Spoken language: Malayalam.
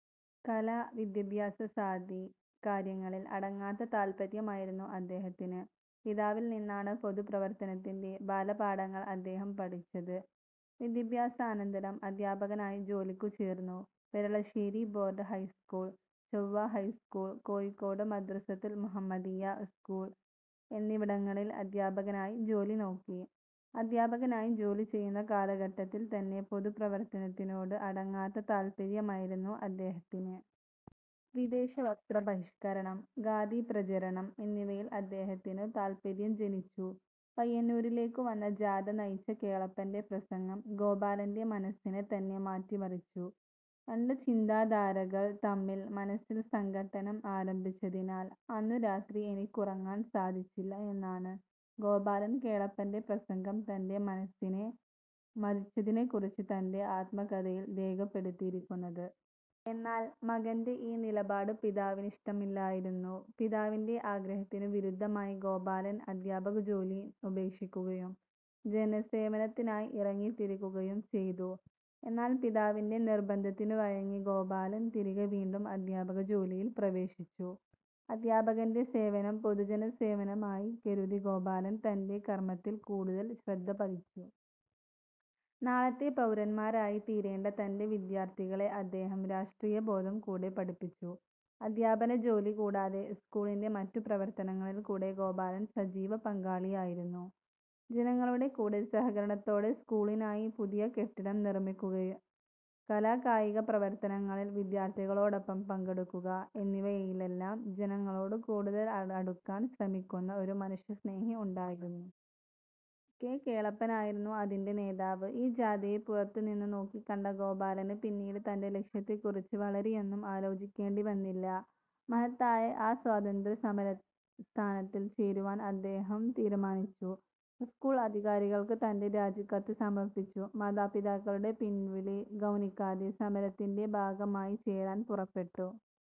കല-വിദ്യാഭ്യാസാദി കാര്യങ്ങളിൽ അടങ്ങാത്ത താൽപര്യമായിരുന്നു അദ്ദേഹത്തിന്. പിതാവിൽ നിന്നാണ് പൊതുപ്രവർത്തനത്തിന്റെ ബാലപാഠങ്ങൾ അദ്ദേഹം പഠിച്ചത്. വിദ്യാഭ്യാസാനന്തരം അധ്യാപകനായി ജോലിക്കു ചേർന്നു. Peralassery board high school, Chovva high school, Kozhikode Madrasathul Muhammadiya school എന്നിവിടങ്ങളിൽ അധ്യാപകനായി ജോലി നോക്കി. അധ്യാപകനായി ജോലി ചെയ്യുന്ന കാലഘട്ടത്തിൽത്തന്നെ പൊതുപ്രവർത്തനത്തിനോടു അടങ്ങാത്ത താൽപര്യമായിരുന്നു അദ്ദേഹത്തിന്. വിദേശ വസ്ത്ര ബഹിഷ്കരണം, ഖാദി പ്രചാരണം, എന്നിവയിൽ അദ്ദേഹത്തിനു താൽപര്യം ജനിച്ചു. പയ്യന്നൂരിലേക്കു വന്ന ജാഥ നയിച്ച കേളപ്പന്റെ പ്രസംഗം ഗോപാലന്റെ മനസ്സിനെ തന്നെ മാറ്റിമറിച്ചു. രണ്ടു ചിന്താധാരകൾ തമ്മിൽ മനസ്സിൽ സംഘട്ടനം ആരംഭിച്ചതിനാൽ അന്നു രാത്രി എനിക്കുറങ്ങാൻ സാധിച്ചില്ല എന്നാണ് ഗോപാലൻ കേളപ്പന്റെ പ്രസംഗം തന്റെ മനസ്സിനെ മഥിച്ചതിനെക്കുറിച്ച് തന്റെ ആത്മകഥയിൽ രേഖപ്പെടുത്തിയിരിക്കുന്നത്. എന്നാൽ മകന്റെ ഈ നിലപാട് പിതാവിനിഷ്ടമില്ലായിരുന്നു. പിതാവിന്റെ ആഗ്രഹത്തിനു വിരുദ്ധമായി ഗോപാലൻ അധ്യാപകജോലി ഉപേക്ഷിക്കുകയും ജനസേവനത്തിനായി ഇറങ്ങിത്തിരിക്കുകയും ചെയ്തു. എന്നാൽ പിതാവിന്റെ നിർബന്ധത്തിനു വഴങ്ങി ഗോപാലൻ തിരികെ വീണ്ടും അധ്യാപക ജോലിയിൽ പ്രവേശിച്ചു. അധ്യാപകന്റെ സേവനം പൊതുജനസേവനമായി കരുതി ഗോപാലൻ തന്റെ കർമ്മത്തിൽ കൂടുതൽ ശ്രദ്ധപതിപ്പിച്ചു. നാളത്തെ പൗരന്മാരായി തീരേണ്ട തന്റെ വിദ്യാർത്ഥികളെ അദ്ദേഹം രാഷ്ട്രീയബോധം കൂടെ പഠിപ്പിച്ചു. അധ്യാപനജോലി കൂടാതെ സ്കൂളിന്റെ മറ്റു പ്രവർത്തനങ്ങളിൽ കൂടെ ഗോപാലൻ സജീവ പങ്കാളിയായിരുന്നു. ജനങ്ങളുടെ കൂടെ സഹകരണത്തോടെ സ്കൂളിനായി പുതിയ കെട്ടിടം നിർമ്മിക്കുക, കലാകായിക പ്രവർത്തനങ്ങളിൽ വിദ്യാർത്ഥികളോടൊപ്പം പങ്കെടുക്കുക എന്നിവയിലെല്ലാം ജനങ്ങളോട് കൂടുതൽ അടുക്കാൻ ശ്രമിക്കുന്ന ഒരു മനുഷ്യസ്നേഹി ഉണ്ടായിരുന്നു. കെ. കേളപ്പനായിരുന്നു അതിന്റെ നേതാവ്. ഈ ജാഥയെ പുറത്തു നിന്നും നോക്കിക്കണ്ട ഗോപാലന് പിന്നീട് തന്റെ ലക്ഷ്യത്തെക്കുറിച്ച് വളരെയൊന്നും ആലോചിക്കേണ്ടി വന്നില്ല. മഹത്തായ ആ സ്വാതന്ത്ര്യ സമരപ്രസ്ഥാനത്തിൽ ചേരുവാൻ അദ്ദേഹം തീരുമാനിച്ചു. സ്കൂൾ അധികാരികൾക്ക് തന്റെ രാജിക്കത്ത് സമർപ്പിച്ചു. മാതാപിതാക്കളുടെ പിൻവിളി ഗൗനിക്കാതെ സമരത്തിന്റെ ഭാഗമായി ചേരാൻ പുറപ്പെട്ടു.